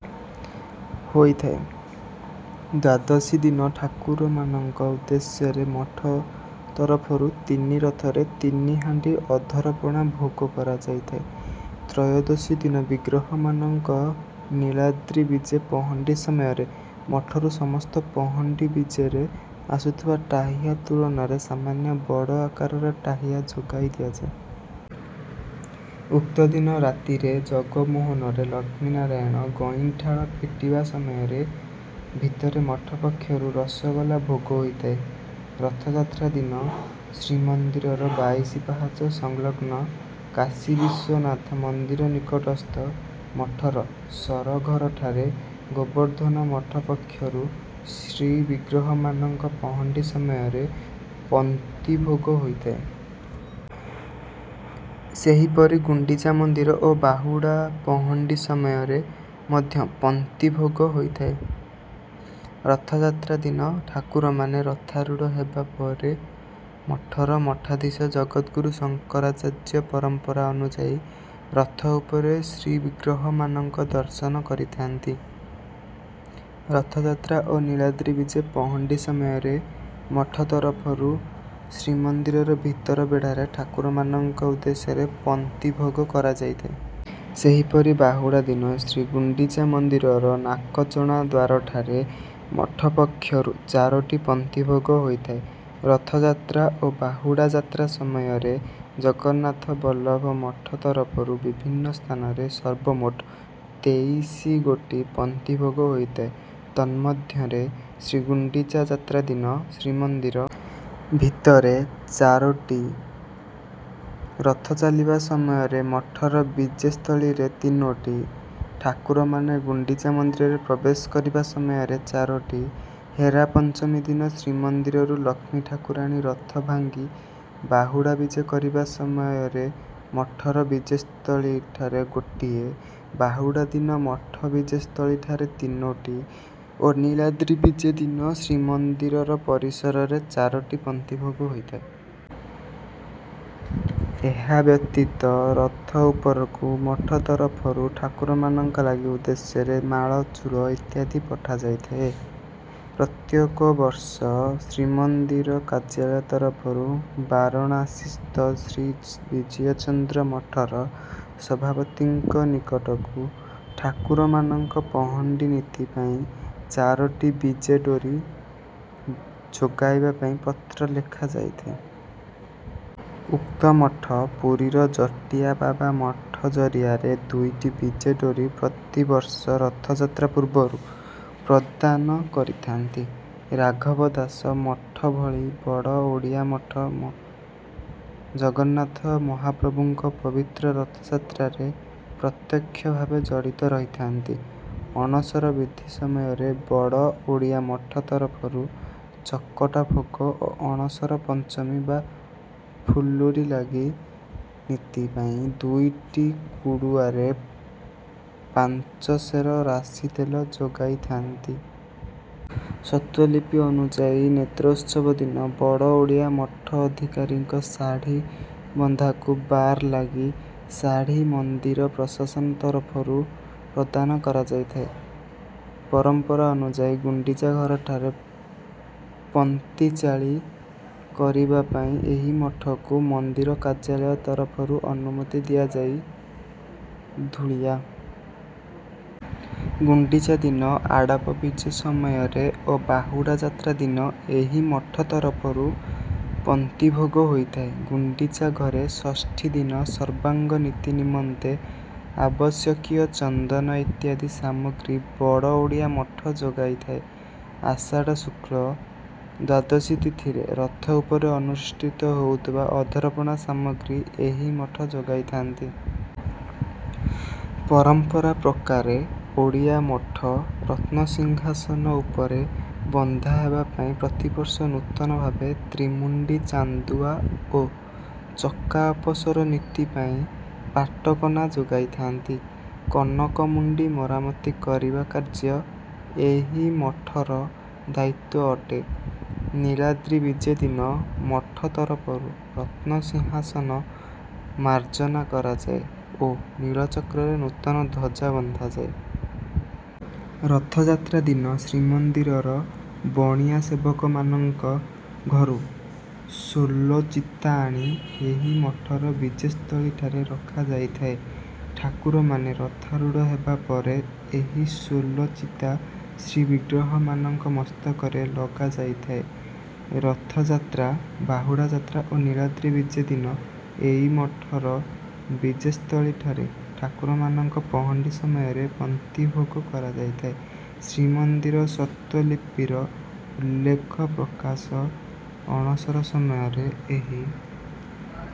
ହୋଇଥାଏ। ଦ୍ୱାଦଶୀ ଦିନ ଠାକୁରମାନଙ୍କ ଉଦ୍ଦେଶ୍ୟରେ ମଠ ତରଫରୁ ତିନି ରଥରେ ତିନି ହାଣ୍ଡି ଅଧର ପଣା ଭୋଗ କରାଯାଇଥାଏ। ତ୍ରୟୋଦଶୀ ଦିନ ବିଗ୍ରହମାନଙ୍କ ନୀଳାଦ୍ରି ବିଜେ ପହଣ୍ଡି ସମୟରେ ମଠରୁ ସମସ୍ତ ପହଣ୍ଡି ବିଜେରେ ଆସୁଥିବା ଟାହିୟା ତୁଳନାରେ ସାମାନ୍ୟ ବଡ଼ ଆକାରର ଟାହିୟା ଯୋଗାଇ ଦିଆଯାଏ। ଉକ୍ତ ଦିନ ରାତିରେ ଜଗମୋହନରେ ଲକ୍ଷ୍ମୀନାରାୟଣ ଗଇଁଠାଳ ଫିଟିବା ସମୟରେ ଭିତରେ ମଠ ପକ୍ଷରୁ ରସଗୋଲା ଭୋଗ ହୋଇଥାଏ। ରଥଯାତ୍ରା ଦିନ ଶ୍ରୀମନ୍ଦିରର ବାଇଶି ପାହାଚ ସଂଲଗ୍ନ କାଶୀ ବିଶ୍ୱନାଥ ମନ୍ଦିର ନିକଟସ୍ଥ ମଠର ସରଘରଠାରେ ଗୋବର୍ଦ୍ଧନ ମଠ ପକ୍ଷରୁ ଶ୍ରୀବିଗ୍ରହମାନଙ୍କ ପହଣ୍ଡି ସମୟରେ ପନ୍ତି ଭୋଗ ହୋଇଥାଏ। ସେହିପରି ଗୁଣ୍ଡିଚା ମନ୍ଦିର ଓ ବାହୁଡ଼ା ପହଣ୍ଡି ସମୟରେ ମଧ୍ୟ ପନ୍ତି ଭୋଗ ହୋଇଥାଏ। ରଥଯାତ୍ରା ଦିନ ଠାକୁରମାନେ ରଥାରୂଢ଼ ହେବା ପରେ ମଠର ମଠାଧୀଶ ଜଗଦ୍‌ଗୁରୁ ଶଙ୍କରାଚାର୍ଯ୍ୟ ପରମ୍ପରା ଅନୁଯାୟୀ ରଥ ଉପରେ ଶ୍ରୀବିଗ୍ରହମାନଙ୍କ ଦର୍ଶନ କରିଥାନ୍ତି। ରଥଯାତ୍ରା ଓ ନୀଳାଦ୍ରି ବିଜେ ପହଣ୍ଡି ସମୟରେ ମଠ ତରଫରୁ ଶ୍ରୀମନ୍ଦିରର ଭିତର ବେଢ଼ାରେ ଠାକୁରମାନଙ୍କ ଉଦ୍ଦେଶ୍ୟରେ ପନ୍ତି ଭୋଗ କରାଯାଇଥାଏ। ସେହିପରି ବାହୁଡ଼ା ଦିନ ଶ୍ରୀଗୁଣ୍ଡିଚା ମନ୍ଦିରର ନାକଚଣା ଦ୍ୱାରଠାରେ ମଠ ପକ୍ଷରୁ ଚାରୋଟି ପନ୍ତି ଭୋଗ ହୋଇଥାଏ। ରଥଯାତ୍ରା ଓ ବାହୁଡ଼ା ଯାତ୍ରା ସମୟରେ ଜଗନ୍ନାଥବଲ୍ଲଭ ମଠ ତରଫରୁ ବିଭିନ୍ନ ସ୍ଥାନରେ ସର୍ବମୋଟ ତେଇଶି ଗୋଟି ପନ୍ତି ଭୋଗ ହୋଇଥାଏ। ତନ୍ମଧ୍ୟରେ ଶ୍ରୀଗୁଣ୍ଡିଚା ଯାତ୍ରା ଦିନ ଶ୍ରୀମନ୍ଦିର ଭିତରେ ଚାରୋଟି, ରଥ ଚାଲିବା ସମୟରେ ମଠର ବିଜେସ୍ଥଳୀରେ ତିନୋଟି, ଠାକୁରମାନେ ଗୁଣ୍ଡିଚା ମନ୍ଦିରରେ ପ୍ରବେଶ କରିବା ସମୟରେ ଚାରୋଟି, ହେରାପଞ୍ଚମୀ ଦିନ ଶ୍ରୀମନ୍ଦିରରୁ ଲକ୍ଷ୍ମୀ ଠାକୁରାଣୀ ରଥ ଭାଙ୍ଗି ବାହୁଡ଼ା ବିଜେ କରିବା ସମୟରେ ମଠର ବିଜେସ୍ଥଳୀଠାରେ ଗୋଟିଏ, ବାହୁଡ଼ା ଦିନ ମଠ ବିଜେସ୍ଥଳୀଠାରେ ତିନୋଟି ଓ ନୀଳାଦ୍ରି ବିଜେ ଦିନ ଶ୍ରୀମନ୍ଦିରର ପରିସରରେ ଚାରୋଟି ପନ୍ତି ଭୋଗ ହୋଇଥାଏ। ଏହା ବ୍ୟତୀତ ରଥ ଉପରକୁ ମଠ ତରଫରୁ ଠାକୁରମାନଙ୍କ ଲାଗି ଉଦ୍ଦେଶ୍ୟରେ ମାଳ, ଚୂଳ ଇତ୍ୟାଦି ପଠାଯାଇଥାଏ। ପ୍ରତ୍ୟେକ ବର୍ଷ ଶ୍ରୀମନ୍ଦିର କାର୍ଯ୍ୟାଳୟ ତରଫରୁ ବାରଣାସୀସ୍ଥ ଶ୍ରୀ ବିଜୟକୃଷ୍ଣ ମଠର ସଭାପତିଙ୍କ ନିକଟକୁ ଠାକୁରମାନଙ୍କ ପହଣ୍ଡି ନୀତି ପାଇଁ ଚାରୋଟି ବିଜେ ଡୋରି ଯୋଗାଇବା ପାଇଁ ପତ୍ର ଲେଖା ଯାଇଥାଏ। ଉକ୍ତ ମଠ ପୁରୀର ଜଟିଆ ବାବା ମଠ ଜରିଆରେ ଦୁଇଟି ବିଜେ ଡୋରି ପ୍ରତିବର୍ଷ ରଥଯାତ୍ରା ପୂର୍ବରୁ ପ୍ରଦାନ କରିଥାନ୍ତି। ରାଘବ ଦାସ ମଠ ଭଳି ବଡ଼ ଓଡ଼ିଆ ମଠ ଜଗନ୍ନାଥ ମହାପ୍ରଭୁଙ୍କ ପବିତ୍ର ରଥଯାତ୍ରାରେ ପ୍ରତ୍ୟକ୍ଷ ଭାବେ ଜଡ଼ିତ ରହିଥାନ୍ତି। ଅଣସର ବିଧି ସମୟରେ ବଡ଼ ଓଡ଼ିଆ ମଠ ତରଫରୁ ଚକଟା ଭୋଗ ଓ ଅଣସର ପଞ୍ଚମୀ ବା ଫୁଲୁରି ଲାଗି ନୀତି ପାଇଁ ଦୁଇଟି କୁଡ଼ୁଆରେ ପାଞ୍ଚ ସେର ରାଶି ତେଲ ଯୋଗାଇଥାନ୍ତି। ସ୍ୱତ୍ତ୍ୱଲିପି ଅନୁଯାୟୀ ନେତ୍ରୋତ୍ସବ ଦିନ ବଡ଼ ଓଡ଼ିଆ ମଠ ଅଧିକାରୀଙ୍କ ଶାଢ଼ୀ ବନ୍ଧାକୁ ବାର ଲାଗି ଶାଢ଼ୀ ମନ୍ଦିର ପ୍ରଶାସନ ତରଫରୁ ପ୍ରଦାନ କରାଯାଇଥାଏ। ପରମ୍ପରା ଅନୁଯାୟୀ ଗୁଣ୍ଡିଚା ଘରଠାରେ ପନ୍ତି ଚାଳି କରିବା ପାଇଁ ଏହି ମଠକୁ ମନ୍ଦିର କାର୍ଯ୍ୟାଳୟ ତରଫରୁ ଅନୁମତି ଦିଆଯାଇ। ଧୂଳିଆ ଗୁଣ୍ଡିଚା ଦିନ ଆଡ଼ପ ବିଜେ ସମୟରେ ଓ ବାହୁଡ଼ା ଯାତ୍ରା ଦିନ ଏହି ମଠ ତରଫରୁ ପନ୍ତିଭୋଗ ହୋଇଥାଏ। ଗୁଣ୍ଡିଚା ଘରେ ଷଷ୍ଠୀ ଦିନ ସର୍ବାଙ୍ଗ ନୀତି ନିମନ୍ତେ ଆବଶ୍ୟକୀୟ ଚନ୍ଦନ ଇତ୍ୟାଦି ସାମଗ୍ରୀ ବଡ଼ ଓଡ଼ିଆ ମଠ ଯୋଗାଇଥାଏ। ଆଷାଢ଼ ଶୁକ୍ଳ ଦ୍ୱାଦଶୀ ତିଥିରେ ରଥ ଉପରେ ଅନୁଷ୍ଠିତ ହେଉଥିବା ଅଧରପଣା ସାମଗ୍ରୀ ଏହି ମଠ ଯୋଗାଇଥାନ୍ତି। ପରମ୍ପରା ପ୍ରକାରେ ଓଡ଼ିଆ ମଠ ରତ୍ନସିଂହାସନ ଉପରେ ବନ୍ଧା ହେବା ପାଇଁ ପ୍ରତିବର୍ଷ ନୂତନ ଭାବେ ତ୍ରିମୁଣ୍ଡି ଚାନ୍ଦୁଆ ଓ ଚକା ଅପସର ନୀତି ପାଇଁ ପାଟ କନା ଯୋଗାଇଥାନ୍ତି। କନକମୁଣ୍ଡି ମରାମତି କରିବା କାର୍ଯ୍ୟ ଏହି ମଠର ଦାୟିତ୍ୱ ଅଟେ। ନୀଳାଦ୍ରି ବିଜେ ଦିନ ମଠ ତରଫରୁ ରତ୍ନସିଂହାସନ ମାର୍ଜନା କରାଯାଏ ଓ ନୀଳଚକ୍ରରେ ନୂତନ ଧ୍ୱଜା ବନ୍ଧାଯାଏ। ରଥଯାତ୍ରା ଦିନ ଶ୍ରୀମନ୍ଦିରର ବଣିଆ ସେବକମାନଙ୍କ ଘରୁ ସୋଲ ଚିତା ଆଣି ଏହି ମଠର ବିଜେସ୍ଥଳୀଠାରେ ରଖାଯାଇଥାଏ। ଠାକୁରମାନେ ରଥାରୂଢ଼ ହେବା ପରେ ଏହି ସୋଲ ଚିତା ଶ୍ରୀବିଗ୍ରହମାନଙ୍କ ମସ୍ତକରେ ଲଗାଯାଇଥାଏ। ରଥଯାତ୍ରା, ବାହୁଡ଼ା ଯାତ୍ରା ଓ ନୀଳାଦ୍ରି ବିଜେ ଦିନ ଏହି ମଠର ବିଜେସ୍ଥଳୀଠାରେ ଠାକୁରମାନଙ୍କ ପହଣ୍ଡି ସମୟରେ ପନ୍ତି ଭୋଗ କରାଯାଇଥାଏ। ଶ୍ରୀମନ୍ଦିର ସ୍ୱତ୍ତ୍ୱଲିପିର ଉଲ୍ଲେଖ ପ୍ରକାଶ ଅଣସର ସମୟରେ ଏହି...